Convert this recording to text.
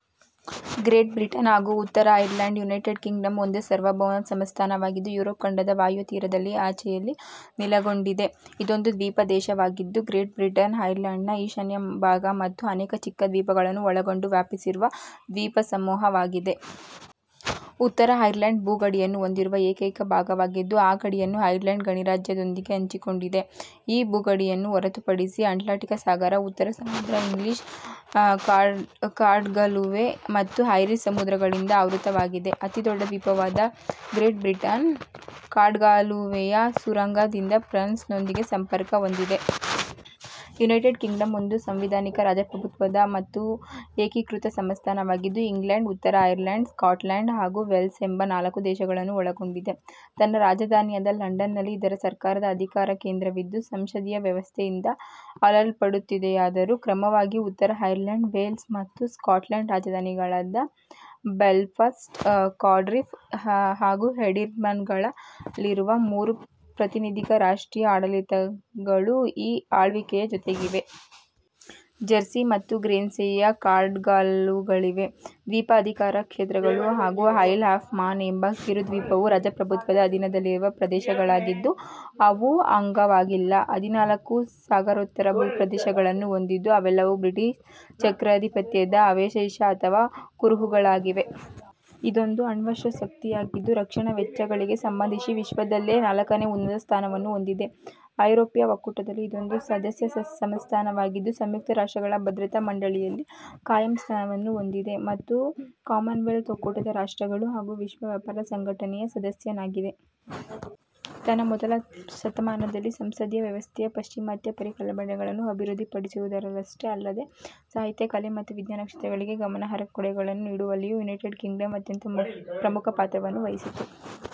Great Britain ಹಾಗೂ ಉತ್ತರ ಐರ್ಲೆಂಡ್ನ ಯುನೈಟೆಡ್ ಕಿಂಗ್ಡಂ ಒಂದು ಸಾರ್ವಭೌಮ ಸಂಸ್ಥಾನ ವಾಗಿದ್ದು ಯುರೋಪ್ ಖಂಡದ ವಾಯುವ್ಯ ತೀರದ ಆಚೆಯಲ್ಲಿ ನೆಲೆಗೊಂಡಿದೆ. ಇದೊಂದು ದ್ವೀಪ ದೇಶ ವಾಗಿದ್ದು, ಗ್ರೇಟ್ ಬ್ರಿಟನ್, ಐರ್ಲೆಂಡ್ ನ ಈಶಾನ್ಯ ಭಾಗ ಮತ್ತು ಅನೇಕ ಚಿಕ್ಕ ದ್ವೀಪಗಳನ್ನು ಒಳಗೊಂಡು ವ್ಯಾಪಿಸಿರುವ ದ್ವೀಪಸಮೂಹ ವಾಗಿದೆ. ಉತ್ತರ ಐರ್ಲೆಂಡ್, ಭೂ ಗಡಿಯನ್ನು ಹೊಂದಿರುವ ಏಕೈಕ ಭಾಗವಾಗಿದ್ದು ಆ ಗಡಿಯನ್ನು ಐರ್ಲೆಂಡ್ ಗಣರಾಜ್ಯ ದೊಂದಿಗೆ ಹಂಚಿಕೊಂಡಿದೆ. ಈ ಭೂಗಡಿಯನ್ನು ಹೊರತುಪಡಿಸಿ ಅಟ್ಲಾಂಟಿಕ್ ಸಾಗರ, ಉತ್ತರ ಸಮುದ್ರ, ಇಂಗ್ಲಿಷ್ ಕಡಲ್ಗಾಲುವೆ ಮತ್ತು ಐರಿಷ್ ಸಮುದ್ರ ಗಳಿಂದ ಆವೃತವಾಗಿದೆ. ಅತಿದೊಡ್ಡ ದ್ವೀಪವಾದ ಗ್ರೇಟ್ ಬ್ರಿಟನ್, ಕಡಲ್ಗಾಲುವೆಯ ಸುರಂಗ ದಿಂದ ಫ್ರಾನ್ಸ್ ನೊಂದಿಗೆ ಸಂಪರ್ಕ ಹೊಂದಿದೆ. ಯುನೈಟೆಡ್ ಕಿಂಗ್ಡಂ ಒಂದು ಸಾಂವಿಧಾನಿಕ ರಾಜಪ್ರಭುತ್ವ ದ ಮತ್ತು ಏಕೀಕೃತ ಸಂಸ್ಥಾನ ವಾಗಿದ್ದು, ಇಂಗ್ಲೆಂಡ್, ಉತ್ತರ ಐರ್ಲೆಂಡ್, ಸ್ಕಾಟ್ಲೆಂಡ್ ಹಾಗೂ ವೇಲ್ಸ್ ಎಂಬ ನಾಲ್ಕು ದೇಶಗಳನ್ನು ಒಳಗೊಂಡಿದೆ. ತನ್ನ ರಾಜಧಾನಿ ಯಾದ ಲಂಡನ್ ನಲ್ಲಿ ಇದರ ಸರ್ಕಾರದ ಅಧಿಕಾರ ಕೇಂದ್ರ ವಿದ್ದು ಸಂಸದೀಯ ವ್ಯವಸ್ಥೆ ಯಿಂದ ಆಳಲ್ಪಡುತ್ತಿದೆಯಾದರೂ, ಕ್ರಮವಾಗಿ ಉತ್ತರ ಐರ್ಲೆಂಡ್, ವೇಲ್ಸ್ ಮತ್ತು ಸ್ಕಾಟ್ಲೆಂಡ್ನ ರಾಜಧಾನಿಗಳಾದ ಬೆಲ್ಫಾಸ್ಟ್, ಕಾರ್ಡಿಫ್ ಹಾಗೂ ಎಡಿನ್ಬರ್ಗ್ ಗಳಲ್ಲಿರುವ ಮೂರು ಪ್ರಾತಿನಿಧಿಕ ರಾಷ್ಟ್ರೀಯ ಆಡಳಿತಗಳೂ ಈ ಆಳ್ವಿಕೆಯ ಜೊತೆಗಿವೆ. ಜೆರ್ಸಿ ಮತ್ತು ಗೆರ್ನ್ಸೆ ಯ ಕಡಲ್ಗಾಲುವೆ ದ್ವೀಪ ಅಧಿಕಾರ ಕ್ಷೇತ್ರ ಗಳು ಹಾಗೂ ಐಲ್ ಆಫ್ ಮ್ಯಾನ್ ಎಂಬ ಕಿರುದ್ವೀಪವು ರಾಜಪ್ರಭುತ್ವದ ಅಧೀನದಲ್ಲಿರುವ ಪ್ರದೇಶ ಗಳಾಗಿದ್ದು, ಅವು ಅಂಗವಾಗಿಲ್ಲ. ಹದಿನಾಲ್ಕು ಸಾಗರೋತ್ತರ ಭೂ ಪ್ರದೇಶ ಗಳನ್ನು ಹೊಂದಿದ್ದು ಅವೆಲ್ಲವೂ ಬ್ರಿಟಿಷ್ ಚಕ್ರಾಧಿಪತ್ಯ ದ ಅವಶೇಷ ಅಥವಾ ಕುರುಹುಗಳಾಗಿವೆ. ಇದೊಂದು ಅಣ್ವಸ್ತ್ರ ಶಕ್ತಿ ಯಾಗಿದ್ದು, ರಕ್ಷಣಾ ವೆಚ್ಚ ಗಳಿಗೆ ಸಂಬಂಧಿಸಿ ವಿಶ್ವದಲ್ಲೇ ನಾಲ್ಕನೇ ಉನ್ನತ ಸ್ಥಾನವನ್ನು ಹೊಂದಿದೆ. ಐರೋಪ್ಯ ಒಕ್ಕೂಟ ದಲ್ಲಿ ಇದೊಂದು ಸದಸ್ಯ ಸಂಸ್ಥಾನ ವಾಗಿದ್ದು, ಸಂಯುಕ್ತ ರಾಷ್ಟ್ರಗಳ ಭದ್ರತಾ ಮಂಡಳಿ ಯಲ್ಲಿ ಖಾಯಂ ಸ್ಥಾನವನ್ನು ಹೊಂದಿದೆ, ಮತ್ತು ಕಾಮನ್ವೆಲ್ತ್ ಒಕ್ಕೂಟದ ರಾಷ್ಟ್ರಗಳು, ಹಾಗೂ ವಿಶ್ವ ವ್ಯಾಪಾರ ಸಂಘಟನೆ ಯ ಸದಸ್ಯನಾಗಿದೆ. ತನ್ನ ಮೊದಲ ಶತಮಾನದಲ್ಲಿ, ಸಂಸದೀಯ ವ್ಯವಸ್ಥೆ ಯ ಪಾಶ್ಚಿಮಾತ್ಯ ಪರಿಕಲ್ಪನೆಗಳನ್ನು ಅಭಿವೃದ್ಧಿಪಡಿಸುವುದರಲ್ಲಷ್ಟೇ ಅಲ್ಲದೇ, ಸಾಹಿತ್ಯ, ಕಲೆ ಮತ್ತು ವಿಜ್ಞಾನ ಕ್ಷೇತ್ರಗಳಿಗೆ ಗಮನಾರ್ಹ ಕೊಡುಗೆಗಳನ್ನು ನೀಡುವಲ್ಲಿಯೂ ಯುನೈಟೆಡ್ ಕಿಂಗ್ಡಂ ಅತ್ಯಂತ ಪ್ರಮುಖ ಪಾತ್ರವನ್ನು ವಹಿಸಿತು.